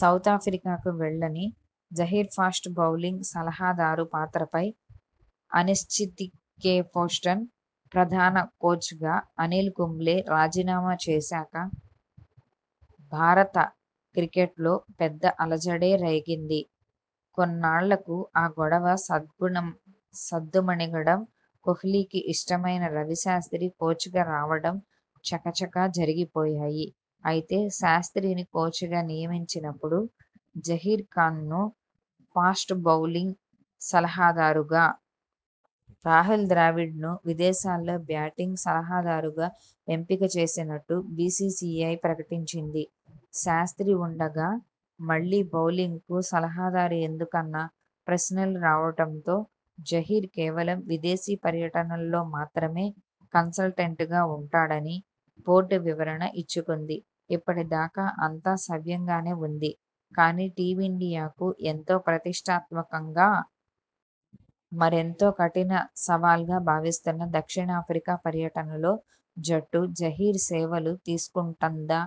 సౌతాఫ్రికాకు వెళ్లని Zaheer fast bowling సలహాదారు పాత్రపై అనిశ్చితికేప్టౌన్ ప్రధాన కోచ్గా అనిల్ కుంబ్లే రాజీనామా చేశాక భారత క్రికెట్లో పెద్ద అలజడే రేగింది. కొన్నాళ్లకు ఆ గొడవ సద్దుమణగడం.. కోహ్లీకి ఇష్టమైన రవిశాస్ర్తి కోచ్గా రావడం చకచకా జరిగిపోయాయి. అయితే.. శాస్ర్తిని కోచ్గా నియమించి నప్పుడు జహీర్ ఖాన్ను ఫాస్ట్ బౌలింగ్ సలహాదారుగా.. రాహుల్ ద్రావిడ్ను విదేశాల్లో బ్యాటింగ్ సలహాదారుగా ఎంపిక చేసినట్టు బీసీసీఐ ప్రకటించింది. శాస్ర్తి ఉండగా.. మళ్లీ బౌలింగ్కు సలహాదారు ఎందుకన్న ప్రశ్నలు రావడంతో జహీర్ కేవలం విదేశీ పర్యటనల్లో మాత్రమే కన్సల్టెంట్గా ఉంటాడని బోర్డు వివరణ ఇచ్చుకుంది. ఇప్పటిదాకా అంతా సవ్యంగానే ఉంది. కానీ, టీమిండియాకు ఎంతో ప్రతిష్టాత్మకంగా.. మరెంతో కఠిన సవాల్గా భావిస్తున్న దక్షిణాఫ్రికా పర్యటనలో జట్టు జహీర్ సేవలు తీసుకుంటుందా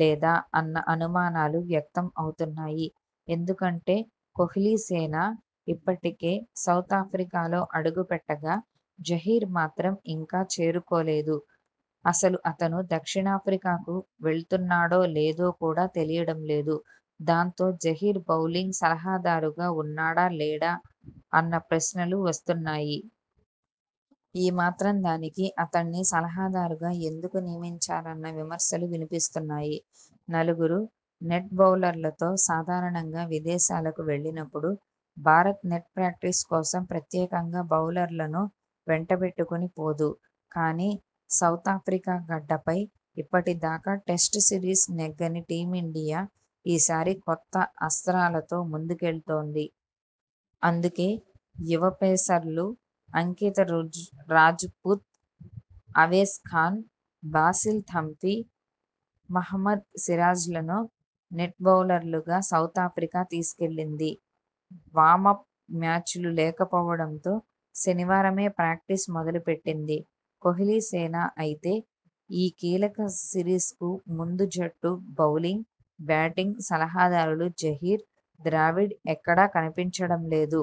లేదా అన్న అనుమానాలు వ్యక్తం అవుతున్నాయి. ఎందుకంటే కోహ్లీసేన ఇప్పటికే సౌతాఫ్రికాలో అడుగుపెట్టగా.. జహీర్ మాత్రం ఇంకా చేరుకోలేదు. అసలు అతను దక్షిణాఫ్రికాకు వెళ్తున్నాడో లేదో కూడా తెలియడం లేదు. దాంతో, జహీర్ బౌలింగ్ సలహాదారుగా ఉన్నాడా లేడా అన్న ప్రశ్నలు వస్తున్నాయి. ఈ మాత్రం దానికి అతణ్ణి సలహాదారుగా ఎందుకు నియమించారన్న విమర్శలు వినిపిస్తున్నాయి. నలుగురు నెట్ బౌలర్లతో.. సాధారణంగా విదేశాలకు వెళ్లినప్పుడు భారత్ నెట్ ప్రాక్టీస్ కోసం ప్రత్యేకంగా బౌలర్లను వెంటబెట్టుకొని పోదు. కానీ, సౌతాఫ్రికా గడ్డపై ఇప్పటిదాకా టెస్టు సిరీస్ నెగ్గని టీమిండియా ఈ సారి కొత్త అస్ర్తాలతో ముందుకెళ్తోంది. అందుకే.. యువ పేసర్లు అంకిత్ రాజ్పుత్, అవేశ్ ఖాన్, బాసిల్ థంపి, మహమ్మద్ సిరాజ్లను నెట్ బౌలర్లుగా సౌతాఫ్రికా తీసుకెళ్లింది. వామప్ మ్యాచ్లు లేకపోవడంతో.. శనివారమే ప్రాక్టీస్ మొదలు పెట్టింది కోహ్లీసేన. అయితే, ఈ కీలక సిరీస్కు ముందు జట్టు బౌలింగ్, బ్యాటింగ్ సలహాదారులు జహీర్, ద్రావిడ్ ఎక్కడా కనిపించడం లేదు.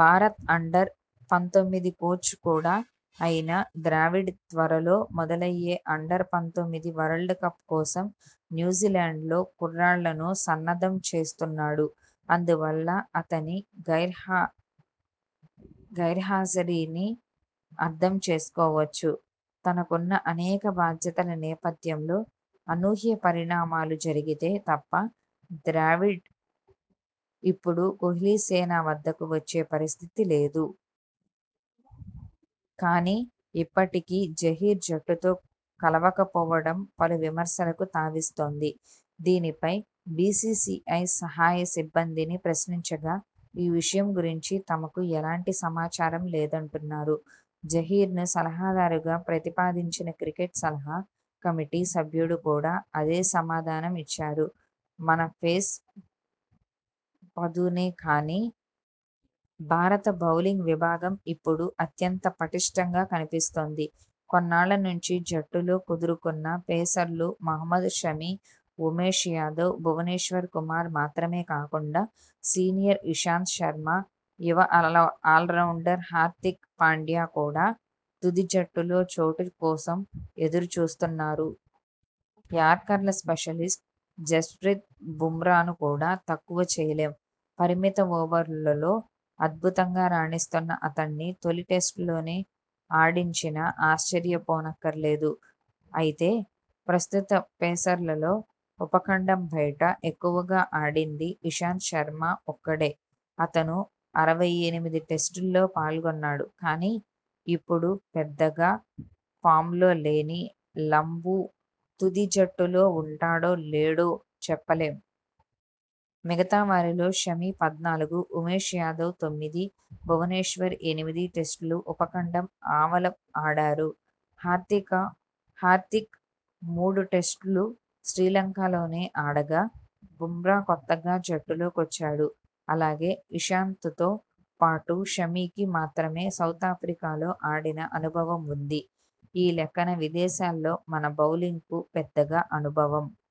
భారత అండర్-పంతొమ్మిది కోచ్ కూడా అయిన ద్రావిడ్ త్వరలో మొదలయ్యే అండర్-పంతొమ్మిది వరల్డ్ కప్ కోసం న్యూజిలాండ్లో కుర్రాళ్లను సన్నద్ధం చేస్తున్నాడు. అందువల్ల అతని గైర్హాజరీని అర్థం చేసుకోవచ్చు. తనకున్న అనేక బాధ్యతల నేపథ్యంలో అనూహ్య పరిణామాలు జరిగితే తప్ప ద్రావిడ్ ఇప్పుడు కోహ్లీసేన వద్దకు వచ్చే పరిస్థితి లేదు. కానీ, ఇప్పటికీ జహీర్ జట్టుతో కలవకపోవడం పలు విమర్శలకు తావిస్తోంది. దీనిపై బీసీసీఐ సహాయ సిబ్బందిని ప్రశ్నించగా.. ఈ విషయం గురించి తమకు ఎలాంటి సమాచారం లేదంటున్నా రు. జహీర్ను సలహాదారుగా ప్రతిపాదించిన క్రికెట్ సలహా కమిటీ సభ్యుడు కూడా అదే సమాధానం ఇచ్చారు. మన పేస్ పదునే కానీ.. భారత బౌలింగ్ విభాగం ఇప్పుడు అత్యంత పటిష్ఠంగా కనిపిస్తోంది. కొన్నాళ్ల నుంచి జట్టులో కుదురుకున్న పేసర్లు మహమ్మద్ షమి, ఉమేష్ యాదవ్, భువనేశ్వర్ కుమార్ మాత్రమే కాకుండా సీనియర్ ఇషాంత్ శర్మ, యువ ఆల్రౌండర్ హార్దిక్ పాండ్యా కూడా తుది జట్టులో చోటు కోసం ఎదురు చూస్తున్నారు. యార్కర్ల స్పెషలిస్ట్ జస్ప్రీత్ బుమ్రాను కూడా తక్కువ చేయలేం. పరిమిత ఓవర్లలో అద్భుతంగా రాణిస్తున్న అతణ్ణి తొలి టెస్టులోనే ఆడించినా ఆశ్చర్యపోనక్కర్లేదు. అయితే, ప్రస్తుత పేసర్లలో ఉపఖండం బయట ఎక్కువగా ఆడింది ఇషాంత్ శర్మ ఒక్కడే. అతను.. అరవై ఎనిమిది టెస్టుల్లో పాల్గొన్నాడు. కానీ, ఇప్పుడు పెద్దగా ఫామ్లో లేని లంబూ తుది జట్టులో ఉంటాడో లేడో చెప్పలేం. మిగతా వారిలో షమి పద్నాలుగు, ఉమేష్ యాదవ్ తొమ్మిది, భువనేశ్వర్ ఎనిమిది టెస్టులు ఉపఖండం ఆవల ఆడారు. హార్దిక్ మూడు టెస్టులు శ్రీలంకలోనే ఆడగా.. బుమ్రా కొత్తగా జట్టులో కొచ్చాడు. అలాగే, ఇషాంత్తో పాటు షమికి మాత్రమే సౌతాఫ్రికా లో ఆడిన అనుభవం ఉంది. ఈ లెక్కన విదేశాల్లో మన బౌలింగ్కు పెద్దగా అనుభవం.